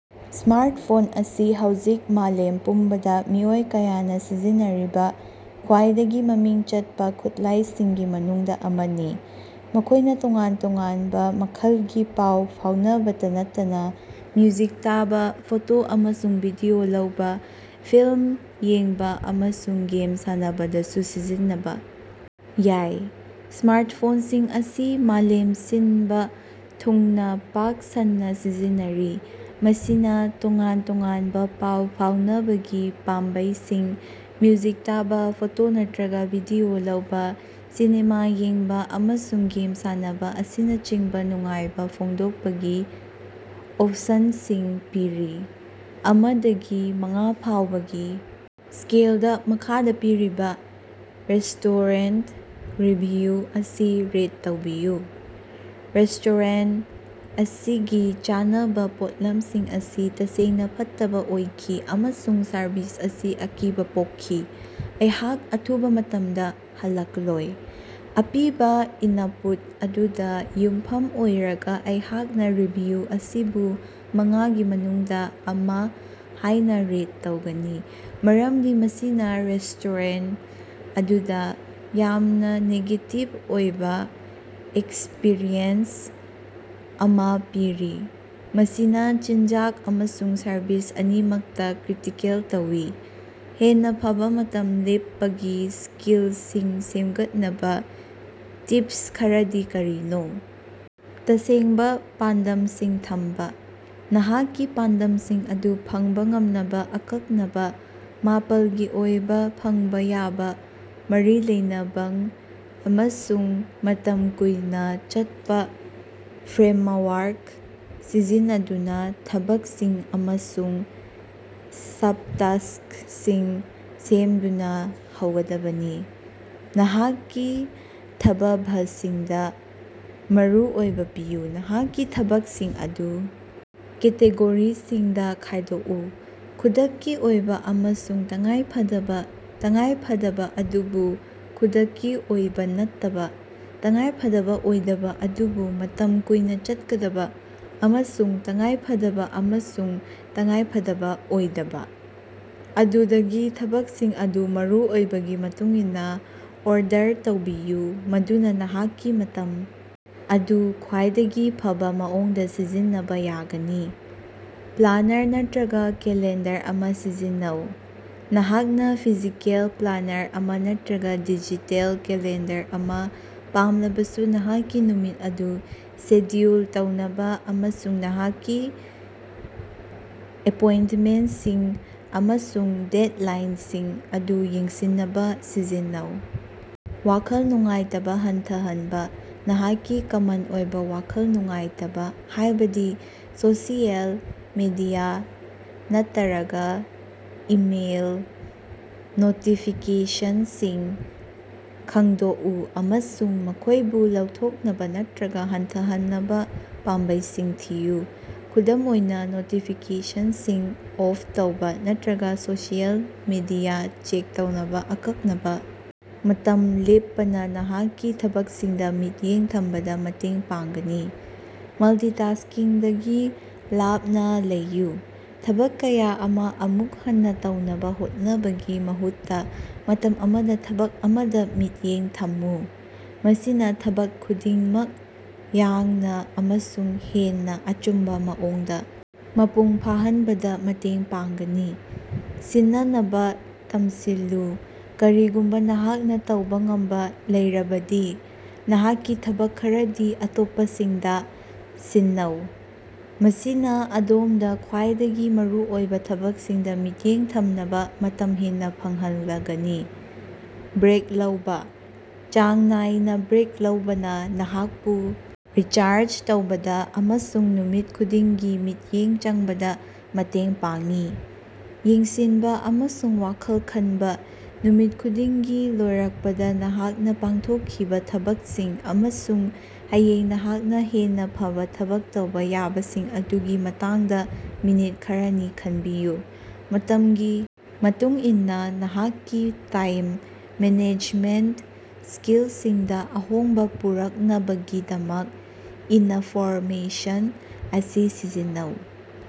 Smartphone ꯑꯁꯤ ꯍꯧꯖꯤꯛ ꯃꯥꯂꯦꯝ ꯄꯨꯝꯕꯗ ꯃꯤꯑꯣꯏ ꯀꯌꯥꯅ ꯁꯤꯖꯤꯟꯅꯔꯤꯕ ꯈ꯭ꯋꯥꯏꯗꯒꯤ ꯃꯃꯤꯡ ꯆꯠꯄ ꯈꯨꯠꯂꯥꯏꯁꯤꯡꯒꯤ ꯃꯅꯨꯡꯗ ꯑꯃꯅꯤ꯫ ꯃꯈꯣꯏꯅ ꯇꯣꯉꯥꯟ ꯇꯣꯉꯥꯟꯕ ꯃꯈꯜꯒꯤ ꯄꯥꯎ ꯐꯥꯎꯅꯕꯇ ꯅꯠꯇꯅ ꯃ꯭ꯌꯨꯖꯤꯛ ꯇꯥꯕ, ꯐꯣꯇꯣ ꯑꯃꯁꯨꯡ ꯚꯤꯗꯤꯑꯣ ꯂꯧꯕ ꯐꯤꯜꯃ ꯌꯦꯡꯕ ꯑꯃꯁꯨꯡ ꯒꯦꯝ ꯁꯥꯟꯅꯕꯗꯁꯨ ꯁꯤꯖꯤꯟꯅꯕ ꯌꯥꯏ꯫ ꯁ꯭ꯃꯥꯔꯠꯐꯣꯟꯁꯤꯡ ꯑꯁꯤ ꯃꯥꯂꯦꯝ ꯁꯤꯟꯕ ꯊꯨꯡꯅ ꯄꯥꯛ ꯁꯟꯅ ꯁꯤꯖꯤꯟꯅꯔꯤ꯫ ꯃꯁꯤꯅ ꯇꯣꯉꯥꯟ ꯇꯣꯉꯥꯟꯕ ꯄꯥꯎ ꯐꯥꯎꯅꯕꯒꯤ ꯄꯥꯝꯕꯩꯁꯤꯡ, ꯃ꯭ꯌꯨꯖꯤꯛ ꯇꯥꯕ ꯐꯣꯇꯣ ꯅꯠꯇ꯭ꯔꯒ ꯚꯤꯗꯤꯑꯣ ꯂꯧꯕ ꯁꯤꯅꯦꯃꯥ ꯌꯦꯡꯕ ꯑꯃꯁꯨꯡ ꯒꯦꯝ ꯁꯥꯟꯅꯕ ꯑꯁꯤꯅꯆꯤꯡꯕ ꯅꯨꯡꯉꯥꯏꯕ ꯐꯣꯡꯗꯣꯛꯄꯒꯤ ꯑꯣꯐꯁꯟꯁꯤꯡ ꯄꯤꯔꯤ꯫ ꯑꯃꯗꯒꯤ ꯃꯉꯥꯐꯥꯎꯕꯒꯤ ꯁ꯭ꯀꯦꯜꯗ ꯃꯈꯥꯗ ꯄꯤꯔꯤꯕ ꯔꯦꯁ꯭ꯇꯣꯔꯦꯟꯇ ꯔꯤꯚꯤꯌꯨ ꯑꯁꯤ ꯔꯦꯠ ꯇꯧꯕꯤꯌꯨ꯫ "ꯔꯦꯁ꯭ꯇꯣꯔꯦꯟꯇ ꯑꯁꯤꯒꯤ ꯆꯥꯅꯕ ꯄꯣꯠꯂꯝꯁꯤꯡ ꯑꯁꯤ ꯇꯁꯦꯡꯅ ꯐꯠꯇꯕ ꯑꯣꯏꯈꯤ ꯑꯃꯁꯨꯡ ꯁꯔꯕꯤꯁ ꯑꯁꯤ ꯑꯀꯤꯕ ꯄꯣꯛꯈꯤ꯫ ꯑꯩꯍꯥꯛ ꯑꯊꯨꯕ ꯃꯇꯝꯗ ꯍꯜꯂꯛꯂꯣꯏ꯫" ꯑꯄꯤꯕꯥ ꯏꯅꯄꯨꯠ ꯑꯗꯨꯗ ꯌꯨꯝꯐꯝ ꯑꯣꯏꯔꯒ ꯑꯩꯍꯥꯛꯅ ꯔꯤꯚꯤꯌꯨ ꯑꯁꯤꯕꯨ ꯃꯉꯥꯒꯤ ꯃꯅꯨꯡꯗꯥ ꯑꯃ ꯍꯥꯏꯅ ꯔꯦꯠ ꯇꯧꯒꯅꯤ ꯃꯔꯝꯗꯤ ꯃꯁꯤꯅ ꯔꯦꯁ꯭ꯇꯣꯔꯦꯟꯇ ꯑꯗꯨꯗ ꯌꯥꯝꯅ ꯅꯦꯒꯦꯇꯤꯕ ꯑꯣꯏꯕ ꯑꯦꯛꯁꯄꯔꯤꯌꯦꯟꯁ ꯑꯃꯥ ꯄꯤꯔꯤ꯫ ꯃꯁꯤꯅ ꯆꯤꯟꯖꯥꯛ ꯑꯃꯁꯨꯡ ꯁꯔꯕꯤꯁ ꯑꯅꯤꯃꯛꯇ ꯀ꯭ꯔꯤꯇꯤꯀꯦꯜ ꯇꯧꯏ꯫ ꯍꯦꯟꯅ ꯐꯕ ꯃꯇꯝ ꯂꯦꯞꯄꯒꯤ ꯁ꯭ꯀꯤꯜꯁꯤꯡ ꯁꯦꯝꯒꯠꯅꯕ ꯇꯤꯄꯁ ꯈꯔꯗꯤ ꯀꯔꯤꯅꯣ? ꯇꯁꯦꯡꯕ ꯄꯥꯟꯗꯝꯁꯤꯡ ꯊꯝꯕ: ꯅꯍꯥꯛꯀꯤ ꯄꯥꯟꯗꯝꯁꯤꯡ ꯑꯗꯨ ꯐꯪꯕ ꯉꯝꯅꯕ ꯑꯀꯛꯅꯕ, ꯃꯥꯄꯜꯒꯤ ꯑꯣꯏꯕ, ꯐꯪꯕ ꯌꯥꯕ ꯃꯔꯤ ꯂꯩꯅꯕꯡꯑꯃꯁꯨꯡ ꯃꯇꯝ ꯀꯨꯏꯅ ꯆꯠꯄ ꯐ꯭ꯔꯦꯃꯋꯥꯔꯛ ꯁꯤꯖꯤꯟꯅꯗꯨꯅ ꯊꯕꯛꯁꯤꯡ ꯑꯃꯁꯨꯡ ꯁꯕꯇꯥꯁ꯭ꯛꯁꯤꯡ ꯁꯦꯝꯗꯨꯅ ꯍꯧꯒꯗꯕꯅꯤ꯫ ꯅꯍꯥꯛꯀꯤ ꯊꯕꯚꯁꯤꯡꯗ ꯃꯔꯨ ꯑꯣꯏꯕ ꯄꯤꯌꯨ: ꯅꯍꯥꯛꯀꯤ ꯊꯕꯛꯁꯤꯡ ꯑꯗꯨ ꯀꯦꯇꯦꯒꯣꯔꯤꯁꯤꯡꯗ ꯈꯥꯏꯗꯣꯛꯎ: ꯈꯨꯗꯛꯀꯤ ꯑꯣꯏꯕ ꯑꯃꯁꯨꯡ ꯇꯉꯥꯏꯐꯗꯕ, ꯇꯉꯥꯏꯐꯗꯕ ꯑꯗꯨꯕꯨ ꯈꯨꯗꯛꯀꯤ ꯑꯣꯏꯕ ꯅꯠꯇꯕ, ꯇꯉꯥꯏꯐꯗꯕ ꯑꯣꯏꯗꯕ ꯑꯗꯨꯕꯨ ꯃꯇꯝ ꯀꯨꯏꯅ ꯆꯠꯀꯗꯕ, ꯑꯃꯁꯨꯡ ꯇꯉꯥꯏꯐꯗꯕ ꯑꯃꯁꯨꯡ ꯇꯉꯥꯏꯐꯗꯕ ꯑꯣꯏꯗꯕ꯫ ꯑꯗꯨꯗꯒꯤ ꯊꯕꯛꯁꯤꯡ ꯑꯗꯨ ꯃꯔꯨꯑꯣꯏꯕꯒꯤ ꯃꯇꯨꯡ ꯏꯟꯅ ꯑꯣꯔꯗꯔ ꯇꯧꯕꯤꯌꯨ ꯃꯗꯨꯅ ꯅꯍꯥꯛꯀꯤ ꯃꯇꯝ ꯑꯗꯨ ꯈ꯭ꯋꯥꯏꯗꯒꯤ ꯐꯕ ꯃꯑꯣꯡꯗ ꯁꯤꯖꯤꯟꯅꯕ ꯌꯥꯒꯅꯤ꯫ ꯄ꯭ꯂꯥꯅꯔ ꯅꯠꯇ꯭ꯔꯒ ꯀꯦꯂꯦꯟꯗꯔ ꯑꯃ ꯁꯤꯖꯤꯟꯅꯧ: ꯅꯍꯥꯛꯅ ꯐꯤꯖꯤꯀꯦꯜ ꯄ꯭ꯂꯥꯅꯔ ꯑꯃ ꯅꯠꯇ꯭ꯔꯒ ꯗꯤꯖꯤꯇꯦꯜ ꯀꯦꯂꯦꯟꯗꯔ ꯑꯃ ꯄꯥꯝꯂꯕꯁꯨ ꯅꯍꯥꯛꯀꯤ ꯅꯨꯃꯤꯠ ꯑꯗꯨ ꯁꯦꯗ꯭ꯌꯨꯜ ꯇꯧꯅꯕ ꯑꯃꯁꯨꯡ ꯅꯍꯥꯛꯀꯤ ꯑꯦꯄꯣꯏꯟꯇꯃꯦꯟꯇꯁꯤꯡ ꯑꯃꯁꯨꯡ ꯗꯦꯗꯂꯥꯏꯟꯁꯤꯡ ꯑꯗꯨ ꯌꯦꯡꯁꯤꯟꯅꯕ ꯁꯤꯖꯤꯟꯅꯧ꯫ ꯋꯥꯈꯜ ꯅꯨꯡꯉꯥꯏꯇꯕ ꯍꯟꯊꯍꯟꯕ: ꯅꯍꯥꯛꯀꯤ ꯀꯃꯟ ꯑꯣꯏꯕ ꯋꯥꯈꯜ ꯅꯨꯡꯉꯥꯏꯇꯕ ꯍꯥꯏꯕꯗꯤ ꯁꯣꯁꯤꯑꯦꯜ ꯃꯦꯗꯤꯌꯥ ꯅꯠꯇꯔꯒ ꯏꯃꯦꯏꯜ ꯅꯣꯇꯤꯐꯤꯀꯦꯁꯟꯁꯤꯡ ꯈꯪꯗꯣꯛꯎ ꯑꯃꯁꯨꯡ ꯃꯈꯣꯏꯕꯨ ꯂꯧꯊꯣꯛꯅꯕ ꯅꯠꯇ꯭ꯔꯒ ꯍꯟꯊꯍꯟꯅꯕ ꯄꯥꯝꯕꯩꯁꯤꯡ ꯊꯤꯌꯨ꯫ ꯈꯨꯗꯝ ꯑꯣꯏꯅ ꯅꯣꯇꯤꯐꯤꯀꯦꯁꯟꯁꯤꯡ ꯑꯣꯐ ꯇꯧꯕ ꯅꯠꯇ꯭ꯔꯒ ꯁꯣꯁꯤꯑꯦꯜ ꯃꯦꯗꯤꯌꯥ ꯆꯦꯛ ꯇꯧꯅꯕ ꯑꯀꯛꯅꯕ ꯃꯇꯝ ꯂꯦꯞꯄꯅ ꯅꯍꯥꯛꯀꯤ ꯊꯕꯛꯁꯤꯡꯗ ꯃꯤꯠꯌꯦꯡ ꯊꯝꯕꯗ ꯃꯇꯦꯡ ꯄꯥꯡꯒꯅꯤ꯫ ꯃꯜꯇꯤꯇꯥꯁ꯭ꯀꯤꯡꯗꯒꯤ ꯂꯥꯞꯅꯥ ꯂꯩꯌꯨ: ꯊꯕꯛ ꯀꯌꯥ ꯑꯃ ꯑꯃꯨꯛ ꯍꯟꯅ ꯇꯧꯅꯕ ꯍꯣꯠꯅꯕꯒꯤ ꯃꯍꯨꯠꯇ ꯃꯇꯝ ꯑꯃꯗ ꯊꯕꯛ ꯑꯃꯗ ꯃꯤꯠꯌꯦꯡ ꯊꯝꯃꯨ꯫ ꯃꯁꯤꯅ ꯊꯕꯛ ꯈꯨꯗꯤꯡꯃꯛ ꯌꯥꯡꯅ ꯑꯃꯁꯨꯡ ꯍꯦꯟꯅ ꯑꯆꯨꯝꯕ ꯃꯑꯣꯡꯗ ꯃꯄꯨꯡ ꯐꯥꯍꯟꯕꯗ ꯃꯇꯦꯡ ꯄꯥꯡꯒꯅꯤ꯫ ꯁꯤꯟꯅꯅꯕ ꯇꯝꯁꯤꯜꯂꯨ: ꯀꯔꯤꯒꯨꯝꯕ ꯅꯍꯥꯛꯅ ꯇꯧꯕ ꯉꯝꯕ ꯂꯩꯔꯕꯗꯤ ꯅꯍꯥꯛꯀꯤ ꯊꯕꯛ ꯈꯔꯗꯤ ꯑꯇꯣꯞꯄꯁꯤꯡꯗꯥ꯫ ꯁꯤꯟꯅꯧ꯫ ꯃꯁꯤꯅ ꯑꯗꯣꯝꯗ ꯈ꯭ꯋꯥꯏꯗꯒꯤ ꯃꯔꯨꯑꯣꯏꯕ ꯊꯕꯛꯁꯤꯡꯗ ꯃꯤꯠꯌꯦꯡ ꯊꯝꯅꯕ ꯃꯇꯝ ꯍꯦꯟꯅ ꯐꯪꯍꯜꯂꯒꯅꯤ꯫ ꯕ꯭ꯔꯦꯛ ꯂꯧꯕꯥ: ꯆꯥꯡ ꯅꯥꯏꯅ ꯕ꯭ꯔꯦꯛ ꯂꯧꯕꯅ ꯅꯍꯥꯛꯄꯨ ꯔꯤꯆꯥꯔꯖ ꯇꯧꯕꯗ ꯑꯃꯁꯨꯡ ꯅꯨꯃꯤꯠ ꯈꯨꯗꯤꯡꯒꯤ ꯃꯤꯠꯌꯦꯡ ꯆꯪꯕꯗ ꯃꯇꯦꯡ ꯄꯥꯡꯏ꯫ ꯌꯦꯡꯁꯤꯟꯕ ꯑꯃꯁꯨꯡ ꯋꯥꯈꯜ ꯈꯟꯕ: ꯅꯨꯃꯤꯠ ꯈꯨꯗꯤꯡꯒꯤ ꯂꯣꯏꯔꯛꯄꯗ, ꯅꯍꯥꯛꯅ ꯄꯥꯡꯊꯣꯛꯈꯤꯕ ꯊꯕꯛꯁꯤꯡ ꯑꯃꯁꯨꯡ ꯍꯌꯦꯡ ꯅꯍꯥꯛꯅ ꯍꯦꯟꯅ ꯐꯕ ꯊꯕꯛ ꯇꯧꯕ ꯌꯥꯕꯁꯤꯡ ꯑꯗꯨꯒꯤ ꯃꯇꯥꯡꯗ ꯃꯤꯅꯤꯠ ꯈꯔꯅꯤ ꯈꯟꯕꯤꯌꯨ꯫ ꯃꯇꯝꯒꯤ ꯃꯇꯨꯡꯏꯟꯅ ꯅꯍꯥꯛꯀꯤ ꯇꯥꯏꯝ ꯃꯦꯅꯦꯖꯃꯦꯟꯇ ꯁ꯭ꯀꯤꯜꯁꯤꯡꯗ ꯑꯍꯣꯡꯕ ꯄꯨꯔꯛꯅꯕꯒꯤꯗꯃꯛ ꯏꯅꯐꯣꯔꯃꯦꯁꯟ ꯑꯁꯤ ꯁꯤꯖꯤꯟꯅꯧ꯫